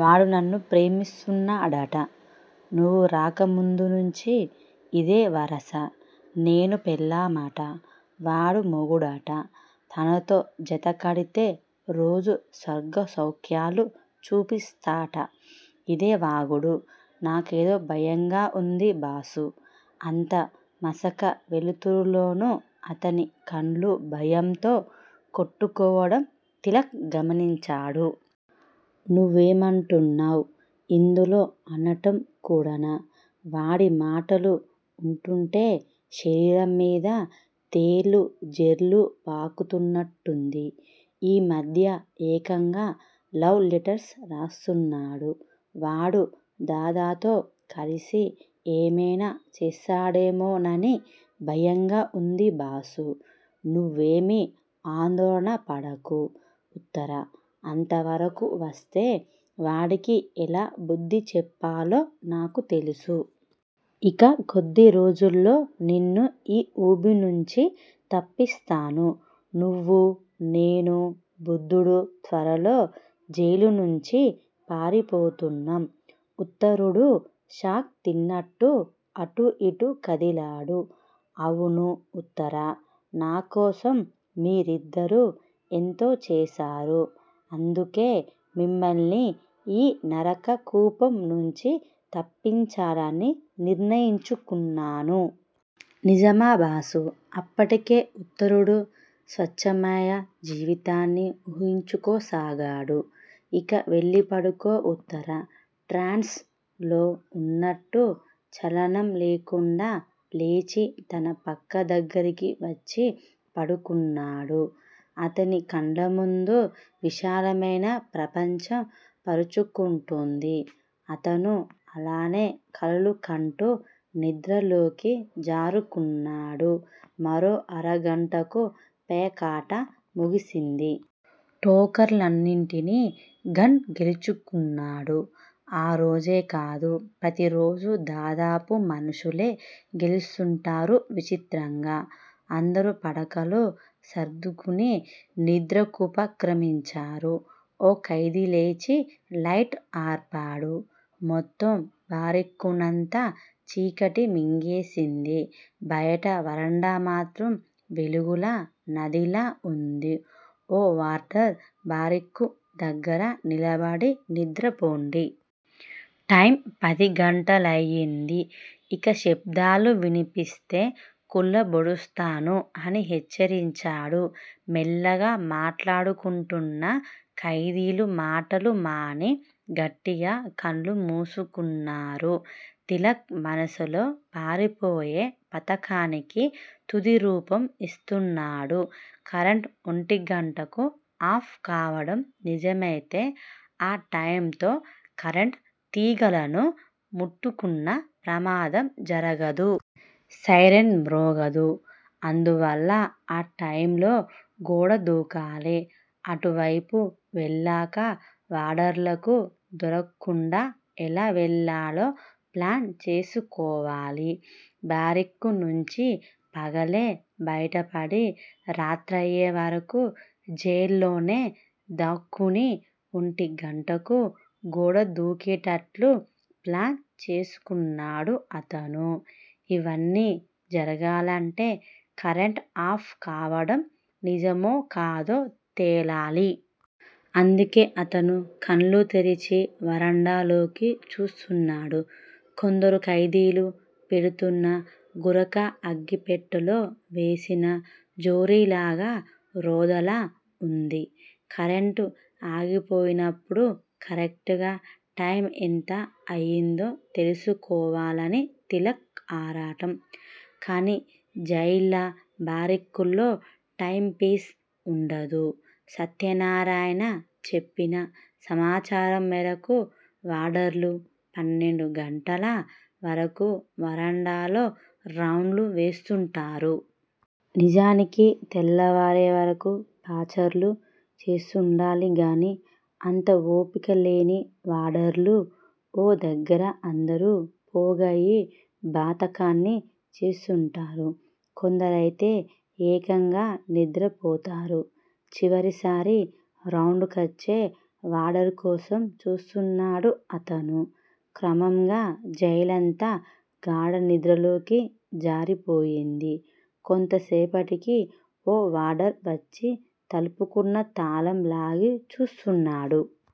వాడు నన్ను ప్రేమిస్తున్నాడట. నువు రాక ముందు నుంచీ ఇదే వరస. నేను పెళ్ళామట, వాడు మొగుడట. తనతో జతకడితే రోజూ స్వర్గసౌఖ్యాలు చూపిస్తాట. ఇదే వాగుడు. నాకేదో భయంగా వుంది బాసూ అంత మసక వెలుతురులోనూ అతని కళ్ళు భయంతో కొట్టుకోవడం తిలక్ గమనించాడు. నువ్వేమంటున్నావ్? ఇందులో అనటం కూడానా! వాడి మాటలు వుంటుంటే శరీరం మీద తేళ్ళూ జెర్లూ పాకుతున్నట్టుంది. ఈ మధ్య ఏకంగా లవ్ లెటర్స్ రాస్తున్నాడు. వాడు దాదాతో కలిసి ఏమైనా చేస్తాడేమోనని భయంగా వుంది బాసూ. నువ్వేమీ ఆందోళనపడకు ఉత్తరా, అంతవరకూ వస్తే వాడికి ఎలా బుద్ధి చెప్పాలో నాకు తెలుసు. ఇక కొద్ది రోజుల్లో నిన్ను ఈ ఊబినుంచి తప్పిస్తాను. నువ్వూ, నేను, బుద్ధుడు త్వరలో జైలునుంచి పారిపోతున్నాం. ఉత్తరుడు షాక్ తిన్నట్టు అటూ ఇటూ కదిలాడు. అవును ఉత్తరా. నాకోసం మీరిద్దరూ ఎంతో చేశారు. అందుకే మిమ్మల్ని ఈ నరక కూపం నుంచి తప్పించాలని నిర్ణయించుకున్నాను. నిజమా బాసూ అప్పటికే ఉత్తరుడు స్వేచ్ఛామయ జీవితాన్ని వూహించుకోసాగాడు. ఇక వెళ్ళిపడుకో ఉత్తరా ట్రాన్స్ లో వున్నట్టు చలనం లేకుండా లేచి తన పక్క దగ్గరికి వచ్చి పడుకున్నాడు. అతని కళ్ళముందు విశాలమైన ప్రపంచం పరుచుకుంటోంది. అతను అలానే కలలు కంటూ నిద్రలోకి జారుకున్నాడు. మరో అరగంటకు పేకాట ముగిసింది. టోకన్లనన్నిటినీ గన్ గెలుచుకున్నాడు. ఆరోజే కాదు ప్రతిరోజూ దాదాకు మనుషులే గెలుస్తుంటారు విచిత్రంగా. అందరూ పడకలు సర్దుకుని నిద్రకుపక్రమించారు. ఓ ఖైదీలేచి లైట్ ఆర్పాడు. మొత్తం బ్యారెక్కునంతా చీకటి మింగేసింది. బయట వరండా మాత్రం వెలుగుల నదిలా వుంది. ఓ వార్డర్ బ్యారెక్కు దగ్గర నిలబడి నిద్రపోండి. టైమ్ పదిగంటలయింది. ఇక శబ్దాలు వినిపిస్తే కుళ్ళబొడుస్తాను అని హెచ్చరించాడు. మెల్లగా మాట్లాడుకుంటున్న ఖైదీలు మాటలు మాని గట్టిగా కళ్ళు మూసుకున్నారు. తిలక్ మనసులో పారిపోయే పథకానికి తుదిరూపం యిస్తున్నాడు. కరెంట్ ఒంటిగంటకు ఆఫ్ కావడం నిజమైతే ఆ టైమ్ తో కరెంట్ తీగలను ముట్టుకున్నా ప్రమాదం జరగదు. సైరన్ మ్రోగదు. అందువల్ల ఆ టైమ్ లో గోడదూకాలి. అటువైపు వెళ్ళాక వార్డర్లకు దొరక్కుండా ఎలా వెళ్ళాలో ప్లాన్ చేసుకోవాలి. బ్యారెక్కు నుంచి పగలే బయటపడి, రాత్రయ్యేవరకు జైల్లోనే దాక్కుని ఒంటిగంటకు గోడ దూకేటట్లు ప్లాన్ చేసుకున్నాడు అతను. ఇవన్నీ జరగాలంటే కరెంట్ ఆఫ్ కావడం నిజమోకాదో తేలాలి. అందుకే అతను కళ్ళు తెరిచి వరండాలోకి చూస్తున్నాడు. కొందరు ఖైదీలు పెడుతున్న గురక అగ్గిపెట్టెలో వేసిన జోరీగల రొదలా వుంది. కరెంట్ ఆగిపోయినప్పుడు కరెక్టుగా టైమ్ ఎంత అయిందో తెలుసుకోవాలని తిలక్ ఆరాటం. కానీ జైళ్ళ బ్యారెక్కుల్లో టైమ్ పీస్ వుండదు. సత్యనారాయణ చెప్పిన సమాచారం మేరకు వార్డర్లు పన్నెండు గంటల వరకు వరండాలో రౌండ్లు వేస్తుంటారు. నిజానికి తెల్లవారే వరకూ పచార్లు చేస్తుండాలిగాని అంత ఓపికల్లేని వార్డర్లు ఓ దగ్గిర అందరూ పోగయి బాతాఖానీ చేస్తుంటారు. కొందరైతే ఏకంగా నిద్రపోతారు. చివరిసారి రౌండ్ కొచ్చే వార్డర్ కోసం చూస్తున్నాడు అతను. క్రమంగా జైలంతా గాఢనిద్రలోకి జారిపోయింది. కొంతసేపటికి ఓ వార్డర్ వచ్చి తలుపుకున్న తాళం లాగి చూస్తున్నాడు.